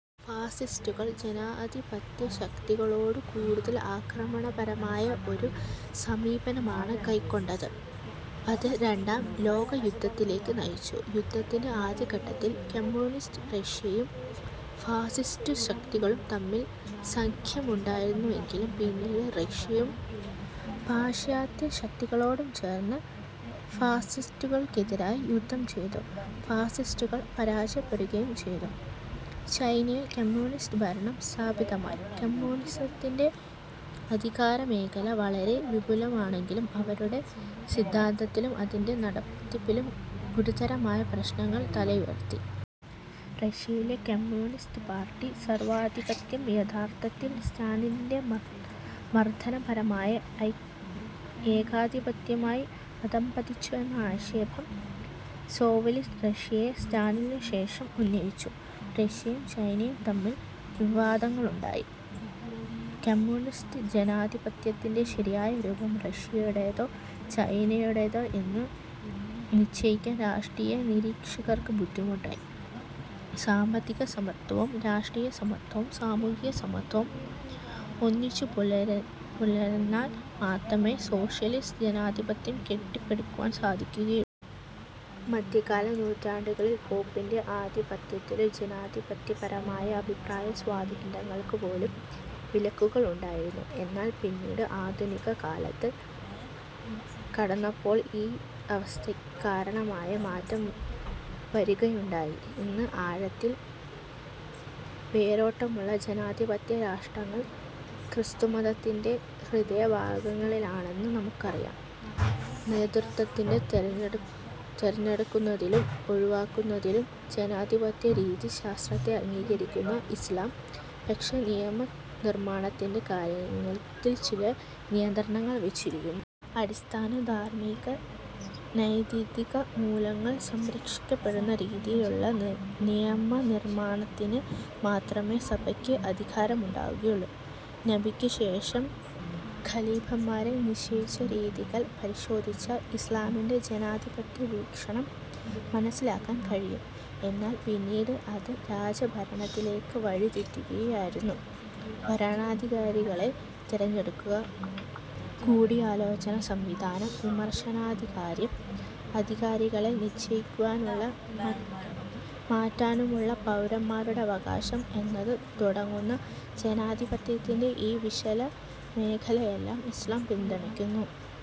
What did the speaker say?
ഫാസിസ്റ്റുകൾ ജനാധിപത്യശക്തികളോടു കൂടുതൽ ആക്രമണപരമായ ഒരു സമീപനമാണു കൈക്കൊണ്ടത്. അത് രണ്ടാം ലോകയുദ്ധത്തിലേക്കു നയിച്ചു. യുദ്ധത്തിന്റെ ആദ്യഘട്ടത്തിൽ കമ്മ്യൂണിസ്റ്റ് റഷ്യയും ഫാസിസ്റ്റുശക്തികളും തമ്മിൽ സഖ്യമുണ്ടാക്കിയെങ്കിലും, പിന്നീട് റഷ്യയും പാശ്ചാത്യശക്തികളോടുചേർന്ന് ഫാസിസ്റ്റുകൾക്കെതിരായി യുദ്ധം ചെയ്തു. ഫാസിസ്റ്റുകൾ പരാജയപ്പെടുകയും ചെയ്തു. ചൈനയിൽ കമ്മ്യൂണിസ്റ്റ് ഭരണം സ്ഥാപിതമായി. കമ്മ്യൂണിസത്തിന്റെ അധികാരമേഖല വളരെ വിപുലമായെങ്കിലും, അവരുടെ സിദ്ധാന്തത്തിലും അതിന്റെ നടത്തിപ്പിലും ഗുരുതരമായ പ്രശ്നങ്ങൾ തലയുയർത്തി. റഷ്യയിലെ കമ്മ്യൂണിസ്റ്റ് പാർട്ടി സർവ്വാധിപത്യം യഥാർത്ഥത്തിൽ സ്റ്റാലിന്റെ മർദ്ദനപർമായ ഏകാധിപത്യമായി അധഃപതിച്ചുവെന്ന ആക്ഷേപം സോവിയറ്റ് റഷ്യതന്നെ സ്റ്റാലിന്നുശേഷം ഉന്നയിച്ചു. റഷ്യയും ചൈനയും തമ്മിൽ വിവാദങ്ങളുണ്ടായി. കമ്മ്യൂണിസ്റ്റ് ജനാധിപത്യത്തിന്റെ ശരിയായ രൂപം റഷ്യയുടേയോ, ചൈനയുടേതോ എന്നു നിശ്ചയിക്കാൻ രാഷ്ട്രീയ നിരിക്ഷകർക്കു ബുദ്ധിമുട്ടായി. സാമ്പത്തികസമത്വവും, രാഷ്ട്രീയസമത്വവും, സാമൂഹിക സമത്വവും ഒന്നിച്ചുപുലർന്നാൽ മാത്രമെ സോഷ്യലിസ്റ്റ് ജനാധിപത്യം കെട്ടിപ്പടുക്കാൻ സാധിക്കുകയുള്ളൂ. മദ്ധ്യകാല നൂറ്റാണ്ടുകളില് പോപ്പിന്റെ ആധിപത്യത്തിലും ജനാധിപത്യപരമായ അഭിപ്രായ സ്വാതന്ത്ര്യങ്ങൾക്കു പോലും വിലക്കുകളുണ്ടായിരുന്നു. എന്നാൽ പിന്നീട് ആധുനിക കാലത്തേക്ക് കടന്നപ്പോള് ഈയവസ്ഥക്ക് കാര്യമായ മാറ്റം വരുകയുണ്ടായി. ഇന്ന് ആഴത്തിൽ വേരോട്ടമുള്ള ജനാധിപത്യ രാഷ്ട്രങ്ങൾ ക്രിസ്തുമതത്തിന്റെ ഹൃദയഭാഗങ്ങളിലാണെന്ന് നമുക്കറിയാം. നേതൃത്വത്തെ തെരഞ്ഞെടുക്കുന്നതിലും ഒഴിവാക്കുന്നതിലും ജനാധിപത്യ രീതിശാസ്ത്രത്തെ അംഗീകരിക്കുന്ന ഇസ്ലാം, പക്ഷെ നിയമനിർമ്മാണത്തിന്റെ കാര്യത്തിൽ ചില നിയന്ത്രണങ്ങൾ വെച്ചിരിക്കുന്നു. അടിസ്ഥാന ധാർമിക-നൈതിക മൂല്യങ്ങൾ സംരക്ഷിക്കപ്പെടുന്ന രീതിയിലുള്ള നിയമനിർമ്മാണത്തിന് മാത്രമേ സഭക്ക് അധികാരമുണ്ടാകൂ. നബിക്ക് ശേഷം ഖലീഫമാരെ നിശ്ചയിച്ച രീതികൾ പരിശോധിച്ചാൽ ഇസ്ലാമിന്റെ ജനാധിപത്യ വീക്ഷണം മനസ്സിലാക്കാൻ കഴിയും. എന്നാൽ പിന്നീട് അത് രാജഭരണത്തിലേക്ക് വഴിതെറ്റുകയായിരുന്നു. ഭരണാധികാരികളെ തിരഞ്ഞടുക്കുക, കൂടിയാലോചന സംവിധാനം, വിമർശനാധികാര്യം, അധികാരികളെ നിശ്ചയിക്കുവാനും മാറ്റാനുമുള്ള പൗരൻമാരുടെ അവകാശം എന്നു തുടങ്ങുന്ന ജനാധിപത്യത്തിൻറെ ഈ വിശാല മേഖലയെ ഇസ്ലാം പിന്തുണക്കുന്നു.